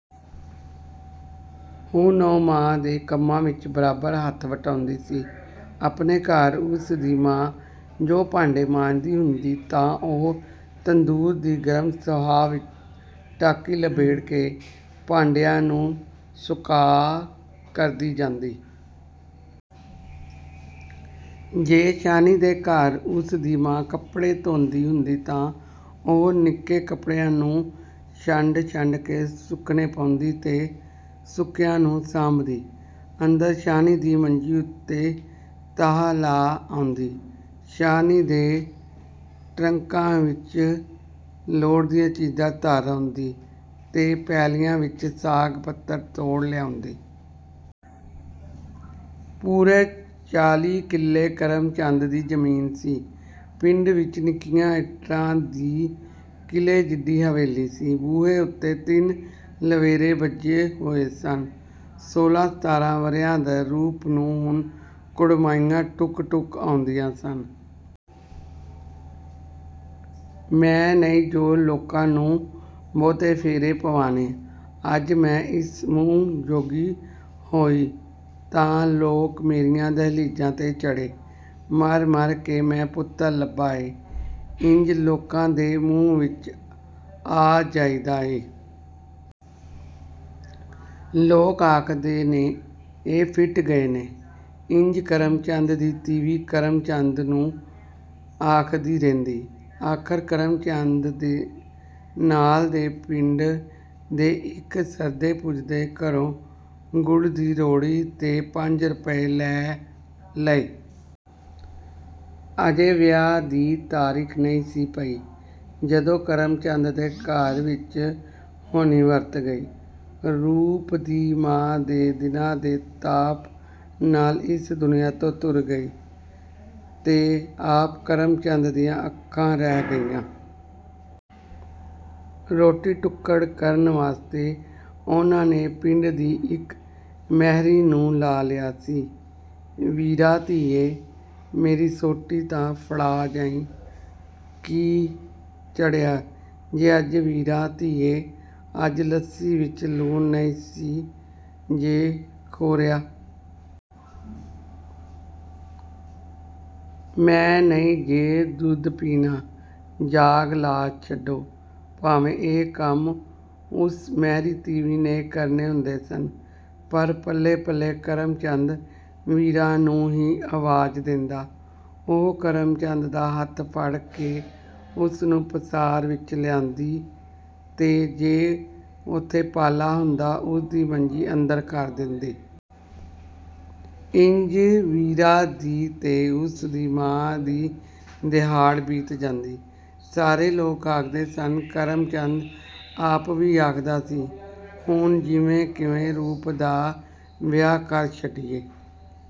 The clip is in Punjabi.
ਹੁਣ ਉਹ ਮਾਂ ਦੇ ਕੰਮਾਂ ਵਿੱਚ ਬਰਾਬਰ ਹੱਥ ਵਟਾਉਂਦੀ ਸੀ। ਆਪਣੇ ਘਰ ਉਸ ਦੀ ਮਾਂ ਜੋ ਭਾਂਡੇ ਮਾਂਜਦੀ ਹੁੰਦੀ, ਤਾਂ ਉਹ ਤੰਦੂਰ ਦੀ ਗਰਮ ਸੁਆਹ ਵਿੱਚ ਟਾਕੀ ਲਬੇੜ ਕੇ ਭਾਂਡਿਆਂ ਨੂੰ ਸੁੱਕਾ ਕਰਦੀ ਜਾਂਦੀ। ਜੇ ਸ਼ਾਹਣੀ ਦੇ ਘਰ ਉਸ ਦੀ ਮਾਂ ਕੱਪੜੇ ਧੋਂਦੀ ਹੁੰਦੀ ਤਾਂ ਉਹ ਨਿੱਕੇ ਕੱਪੜਿਆਂ ਨੂੰ ਛੱਡ-ਛੱਡ ਕੇ ਸੁੱਕਣੇ ਪਾਉਂਦੀ ਤੇ ਸੁੱਕਿਆਂ ਨੂੰ ਸਾਂਭਦੀ, ਅੰਦਰ ਸ਼ਾਹਣੀ ਦੀ ਮੰਜੀ ਉੱਤੇ ਤਾਂਹ ਲਾ ਆਉਂਦੀ। ਸ਼ਾਹਣੀ ਦੇ ਟਰੰਕਾਂ ਵਿੱਚ ਲੋੜ ਦੀਆਂ ਚੀਜ਼ਾਂ ਧਰ ਆਉਂਦੀ ਤੇ ਪੈਲੀਆਂ ਵਿੱਚੋਂ ਸਾਗ-ਪੱਤਰ ਤੋੜ ਲਿਆਉਂਦੀ। ਪੂਰੇ ਚਾਲ੍ਹੀ ਕਿੱਲੇ ਕਰਮ ਚੰਦ ਦੀ ਜ਼ਮੀਨ ਸੀ। ਪਿੰਡ ਵਿੱਚ ਨਿੱਕੀਆਂ ਇੱਟਾਂ ਦੀ ਕਿਲ੍ਹੇ ਜਿੱਡੀ ਹਵੇਲੀ ਸੀ ਬੂਹੇ ਉੱਤੇ ਤਿੰਨ ਲਵੇਰੇ ਬੱਝੇ ਹੋਏ ਸਨ। ਸੋਲ੍ਹਾਂ-ਸਤਾਰਾਂ ਵਰ੍ਹਿਆਂ ਦਾ ਰੂਪ ਨੂੰ ਹੁਣ ਕੁੜਮਾਈਆਂ ਢੁੱਕ-ਢੁੱਕ ਆਉਂਦੀਆਂ ਸਨ। “ਮੈਂ ਨਹੀਂ ਜੋ ਲੋਕਾਂ ਨੂੰ ਬਹੁਤੇ ਫੇਰੇ ਪਵਾਣੇ। ਅੱਜ ਮੈਂ ਇਸ ਮੂੰਹ ਜੋਗੀ ਹੋਈ, ਤਾਂ ਲੋਕ ਮੇਰੀਆਂ ਦਹਿਲੀਜ਼ਾਂ ਤੇ ਚੜ੍ਹੇ। ਮਰ-ਮਰ ਕੇ ਮੈਂ ਪੁੱਤਰ ਲੱਭਾ ਏ। ਇੰਝ ਲੋਕਾਂ ਦੇ ਮੂੰਹ ਵਿੱਚ ਆ ਜਾਈਦਾ ਏ। ਲੋਕ ਆਖਦੇ ਨੇ, ਇਹ ਫਿੱਟ ਗਏ ਨੇ...” ਇੰਝ ਕਰਮ ਚੰਦ ਦੀ ਤੀਵੀਂ ਕਰਮ ਚੰਦ ਨੂੰ ਆਖਦੀ ਰਹਿੰਦੀ। ਆਖ਼ਰ ਕਰਮ ਚੰਦ ਨੇ ਨਾਲ ਦੇ ਪਿੰਡ ਦੇ ਇੱਕ ਸਰਦੇ-ਪੁੱਜਦੇ ਘਰੋਂ ਗੁੜ ਦੀ ਰੋੜੀ ਤੇ ਪੰਜ ਰੁਪਏ ਲੈ ਲਏ। ਅਜੇ ਵਿਆਹ ਦੀ ਤਾਰੀਖ ਨਹੀਂ ਸੀ ਪਈ, ਜਦੋਂ ਕਰਮ ਚੰਦ ਦੇ ਘਰ ਵਿੱਚ ਹੋਣੀ ਵਰਤ ਗਈ। ਰੂਪ ਦੀ ਮਾਂ ਦੇ ਦਿਨਾਂ ਦੇ ਤਾਪ ਨਾਲ ਇਸ ਦੁਨੀਆਂ ਤੋਂ ਤੁਰ ਗਈ ਤੇ ਆਪ ਕਰਮ ਚੰਦ ਦੀਆਂ ਅੱਖਾਂ ਰਹਿ ਗਈਆਂ। ਰੋਟੀ-ਟੁੱਕਰ ਕਰਨ ਵਾਸਤੇ ਉਹਨਾਂ ਨੇ ਪਿੰਡ ਦੀ ਇੱਕ ਮਹਿਰੀ ਨੂੰ ਲਾ ਲਿਆ ਸੀ। “ਵੀਰਾਂ ਧੀਏ! ਮੇਰੀ ਸੋਟੀ ਤਾਂ ਫੜਾ ਜਾਈਂ... ਕੀ ਚੜ੍ਹਿਆ ਜੇ ਅੱਜ, ਵੀਰਾਂ ਧੀਏ?... ਅੱਜ ਲੱਸੀ ਵਿੱਚ ਲੂਣ ਨਹੀਂ ਜੇ ਖੋਰਿਆ... ਮੈਂ ਨਹੀਂ ਜੇ ਦੁੱਧ ਪੀਣਾ, ਜਾਗ ਲਾ ਛੱਡੋ...” ਭਾਵੇਂ ਇਹ ਕੰਮ ਉਸ ਮਹਿਰੀ ਤੀਵੀਂ ਨੇ ਕਰਨੇ ਹੁੰਦੇ ਸਨ, ਪਰ ਪਲੇ-ਪਲੇ ਕਰਮ ਚੰਦ ਵੀਰਾਂ ਨੂੰ ਹੀ ਆਵਾਜ਼ ਦੇਂਦਾ। ਉਹ ਕਰਮ ਚੰਦ ਦਾ ਹੱਥ ਫੜ ਕੇ ਉਸ ਨੂੰ ਪਸਾਰ ਵਿੱਚ ਲਿਆਉਂਦੀ ਤੇ ਜੇ ਉੱਥੇ ਪਾਲਾ ਹੁੰਦਾ, ਉਸ ਦੀ ਮੰਜੀ ਅੰਦਰ ਕਰ ਦੇਂਦੀ। ਇੰਝ ਵੀਰਾਂ ਦੀ ਤੇ ਉਸ ਦੀ ਮਾਂ ਦੀ ਦਿਹਾੜ ਬੀਤ ਜਾਂਦੀ। ਸਾਰੇ ਲੋਕ ਆਖਦੇ ਸਨ ਤੇ ਕਰਮ ਚੰਦ ਆਪ ਵੀ ਆਖਦਾ ਸੀ, “ਹੁਣ ਜਿਵੇਂ-ਕਿਵੇਂ ਰੂਪ ਦਾ ਵਿਆਹ ਕਰ ਛੱਡੀਏ।”